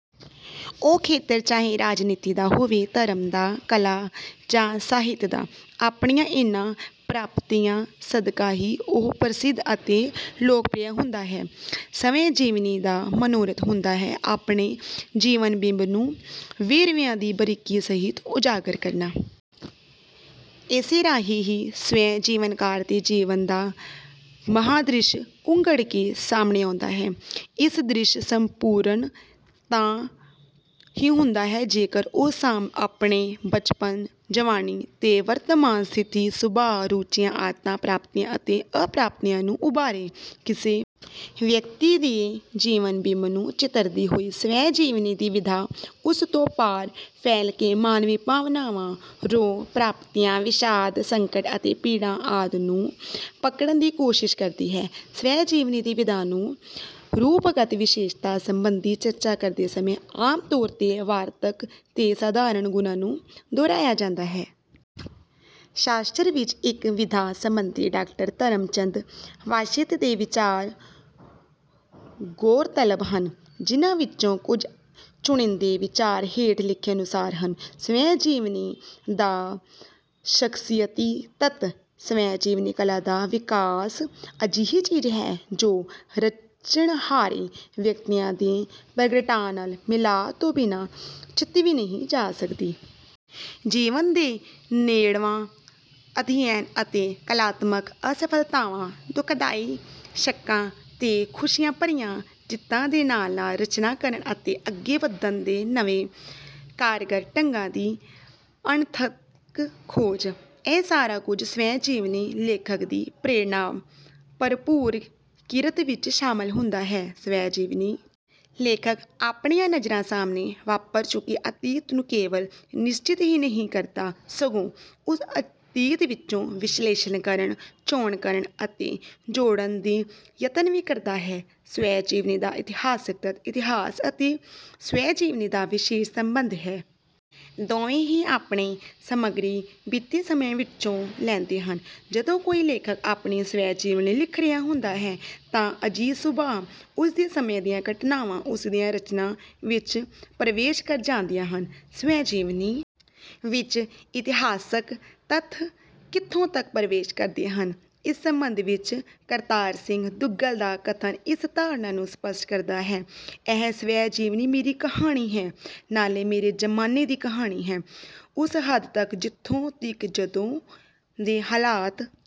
ਉਹ ਖੇਤਰ ਚਾਹੇ ਰਾਜਨੀਤੀ ਦਾ ਹੋਵੇ, ਧਰਮ ਦਾ, ਕਲਾ ਜਾਂ ਸਾਹਿਤ ਦਾ, ਆਪਣੀਆਂ ਇਨ੍ਹਾਂ ਪ੍ਰਾਪਤੀਆਂ ਸਦਕਾ ਹੀ ਉਹ ਪ੍ਰਸਿੱਧ ਤੇ ਲੋਕਪ੍ਰਿਯ ਹੁੰਦਾ ਹੈ। ਸਵੈ-ਜੀਵਨੀ ਦਾ ਮਨੋਰਥ ਹੁੰਦਾ ਹੈ ਆਪਣੇ ਜੀਵਨ-ਬਿੰਬ ਨੂੰ ਵੇਰਵਿਆਂ ਦੀ ਬਾਰੀਕੀ ਸਹਿਤ ਉਜਾਗਰ ਕਰਨਾ। ਇਸੇ ਰਾਹੀਂ ਹੀ ਸਵੈ-ਜੀਵਨੀਕਾਰ ਦੇ ਜੀਵਨ ਦਾ ਮਹਾਂਦ੍ਰਿਸ਼ ਉਂਘੜ ਕੇ ਸਾਹਮਣੇ ਆਉਂਦਾ ਹੈ। ਇਹ ਦ੍ਰਿਸ਼ ਸੰਪੂਰਨ ਤਾਂ ਹੀ ਹੁੰਦਾ ਹੈ ਜੇਕਰ ਉਹ ਆਪਣੇ ਬਚਪਨ, ਜਵਾਨੀ ਤੇ ਵਰਤਮਾਨ ਸਥਿਤੀ, ਸੁਭਾਅ, ਰੁਚੀਆਂ, ਆਦਤਾਂ, ਪ੍ਰਾਪਤੀਆਂ ਅਤੇ ਅਪ੍ਰਾਪਤੀਆਂ ਨੂੰ ਉਭਾਰੇ। ਕਿਸੇ ਵਿਅਕਤੀ ਦੇ ਜੀਵਨ-ਬਿੰਬ ਨੂੰ ਚਿਤਰਦੀ ਹੋਈ ਸਵੈ-ਜੀਵਨੀ ਦੀ ਵਿਧਾ ਉਸ ਤੋਂ ਪਾਰ ਫੈਲ ਕੇ ਮਾਨਵੀ ਭਾਵਨਾਵਾਂ, ਰੌਂਅ, ਪ੍ਰਾਪਤੀਆਂ, ਵਿਸ਼ਾਦ, ਸੰਕਟ ਅਤੇ ਪੀੜਾ ਆਦਿ ਨੂੰ ਪਕੜਣ ਦੀ ਕੋਸ਼ਿਸ਼ ਕਰਦੀ ਹੈ। ਸਵੈ-ਜੀਵਨੀ ਦੀ ਵਿਧਾ ਦੀ ਰੂਪਗਤ ਵਿਸ਼ੇਸ਼ਤਾ ਸੰਬੰਧੀ ਚਰਚਾ ਕਰਦੇ ਸਮੇਂ ਆਮ ਤੌਰ ’ਤੇ ਵਾਰਤਕ ਦੇ ਸਾਧਾਰਨ ਗੁਣਾਂ ਨੂੰ ਦੁਹਰਾਇਆ ਜਾਂਦਾ ਹੈ। ਸ਼ਾਸਤਰ’ ਵਿੱਚ ਇਕ ਵਿਧਾ ਸੰਬੰਧੀ ਡਾਕਟਰ ਧਰਮ ਚੰਦ ਵਾਤਿਸ਼ ਦੇ ਵਿਚਾਰ ਗੌਰਤਲਬ ਹਨ, ਜਿਨ੍ਹਾਂ ਵਿੱਚੋਂ ਕੁਝ ਚੁਣਿੰਦੇ ਵਿਚਾਰ ਹੇਠ ਲਿਖੇ ਅਨੁਸਾਰ ਹਨ—“ਸਵੈਂ-ਜੀਵਨੀ ਦਾ ਸ਼ਖ਼ਸੀਅਤੀ ਤੱਤ”ਸਵੈਂ-ਜੀਵਨੀ ਕਲਾ ਦਾ ਵਿਕਾਸ ਅਜਿਹੀ ਚੀਜ਼ ਹੈ ਜੋ ਰਚਣਹਾਰੇ ਵਿਅਕਤੀਆਂ ਦੇ ਪ੍ਰਗਟਾਅ ਨਾਲ ਮਿਲਾਪ ਤੋਂ ਬਿਨਾਂ ਚਿਤਵੀ ਨਹੀਂ ਜਾ ਸਕਦੀ। ਜੀਵਨ ਦਾ ਨੇੜਵਾਂ ਅਧਿਐਨ ਅਤੇ ਕਲਾਤਮਕ ਅਸਫਲਤਾਵਾਂ, ਦੁਖਦਾਈ ਸ਼ੱਕਾਂ ਤੇ ਖੁਸ਼ੀਆਂ ਭਰੀਆਂ ਜਿੱਤਾਂ ਦੇ ਨਾਲ-ਨਾਲ ਰਚਨਾ ਕਰਨ ਅਤੇ ਅੱਗੇ ਵਧਣ ਦੇ ਨਵੇਂ ਕਾਰਗਰ ਢੰਗਾਂ ਦੀ ਅਣਥੱਕ ਖੋਜ—ਇਹ ਸਾਰਾ ਕੁਝ ਸਵੈ-ਜੀਵਨੀ ਲੇਖਕ ਦੀ ਪ੍ਰੇਰਣਾ-ਭਰਪੂਰ ਕਿਰਤ ਵਿੱਚ ਸ਼ਾਮਲ ਹੁੰਦਾ ਹੈ। ਸਵੈ-ਜੀਵਨੀ ਲੇਖਕ ਆਪਣੀਆਂ ਨਜ਼ਰਾਂ ਸਾਹਮਣੇ ਵਾਪਰ ਚੁੱਕੇ ਅਤੀਤ ਨੂੰ ਕੇਵਲ ਨਿਸ਼ਚਿਤ ਹੀ ਨਹੀਂ ਕਰਦਾ, ਸਗੋਂ ਉਸ ਅਤੀਤ ਵਿੱਚੋਂ ਵਿਸ਼ਲੇਸ਼ਣ ਕਰਨ, ਚੋਣ ਕਰਨ ਅਤੇ ਜੋੜਨ ਦਾ ਯਤਨ ਵੀ ਕਰਦਾ ਹੈ।“ਸਵੈ-ਜੀਵਨੀ ਦਾ ਇਤਿਹਾਸਕ ਤੱਤ”ਇਤਿਹਾਸ ਅਤੇ ਸਵੈ-ਜੀਵਨੀ ਦਾ ਵਿਸ਼ੇਸ਼ ਸੰਬੰਧ ਹੈ। ਦੋਵੇਂ ਹੀ ਆਪਣੀ ਸਮੱਗਰੀ ਬੀਤੇ ਸਮੇਂ ਵਿੱਚੋਂ ਲੈਂਦੇ ਹਨ। ਜਦੋਂ ਕੋਈ ਲੇਖਕ ਆਪਣੀ ਸਵੈ-ਜੀਵਨੀ ਲਿਖ ਰਿਹਾ ਹੁੰਦਾ ਹੈ ਤਾਂ ਸਹਿਜ-ਸੁਭਾਅ ਉਸ ਦੇ ਸਮੇਂ ਦੀਆਂ ਘਟਨਾਵਾਂ ਉਸ ਦੀ ਰਚਨਾ ਵਿੱਚ ਪ੍ਰਵੇਸ਼ ਕਰ ਜਾਂਦੀਆਂ ਹਨ। ਸਵੈ-ਜੀਵਨੀ ਵਿੱਚ ਇਤਿਹਾਸਕ ਤੱਥ ਕਿੱਥੋਂ ਤੱਕ ਪ੍ਰਵੇਸ਼ ਕਰਦੇ ਹਨ, ਇਸ ਸੰਬੰਧ ਵਿੱਚ ਕਰਤਾਰ ਸਿੰਘ ਦੁੱਗਲ ਦਾ ਕਥਨ ਇਸ ਧਾਰਨਾ ਨੂੰ ਸਪੱਸ਼ਟ ਕਰਦਾ ਹੈ— “ਇਹ ਸਵੈ-ਜੀਵਨੀ ਮੇਰੀ ਕਹਾਣੀ ਹੈ। ਨਾਲੇ ਮੇਰੇ ਜ਼ਮਾਨੇ ਦੀ ਕਹਾਣੀ ਹੈ। ਉਸ ਹੱਦ ਤੱਕ ਜਿੱਥੋਂ ਤੀਕ ਜਦੋਂ ਦੇ ਹਾਲਾਤ…”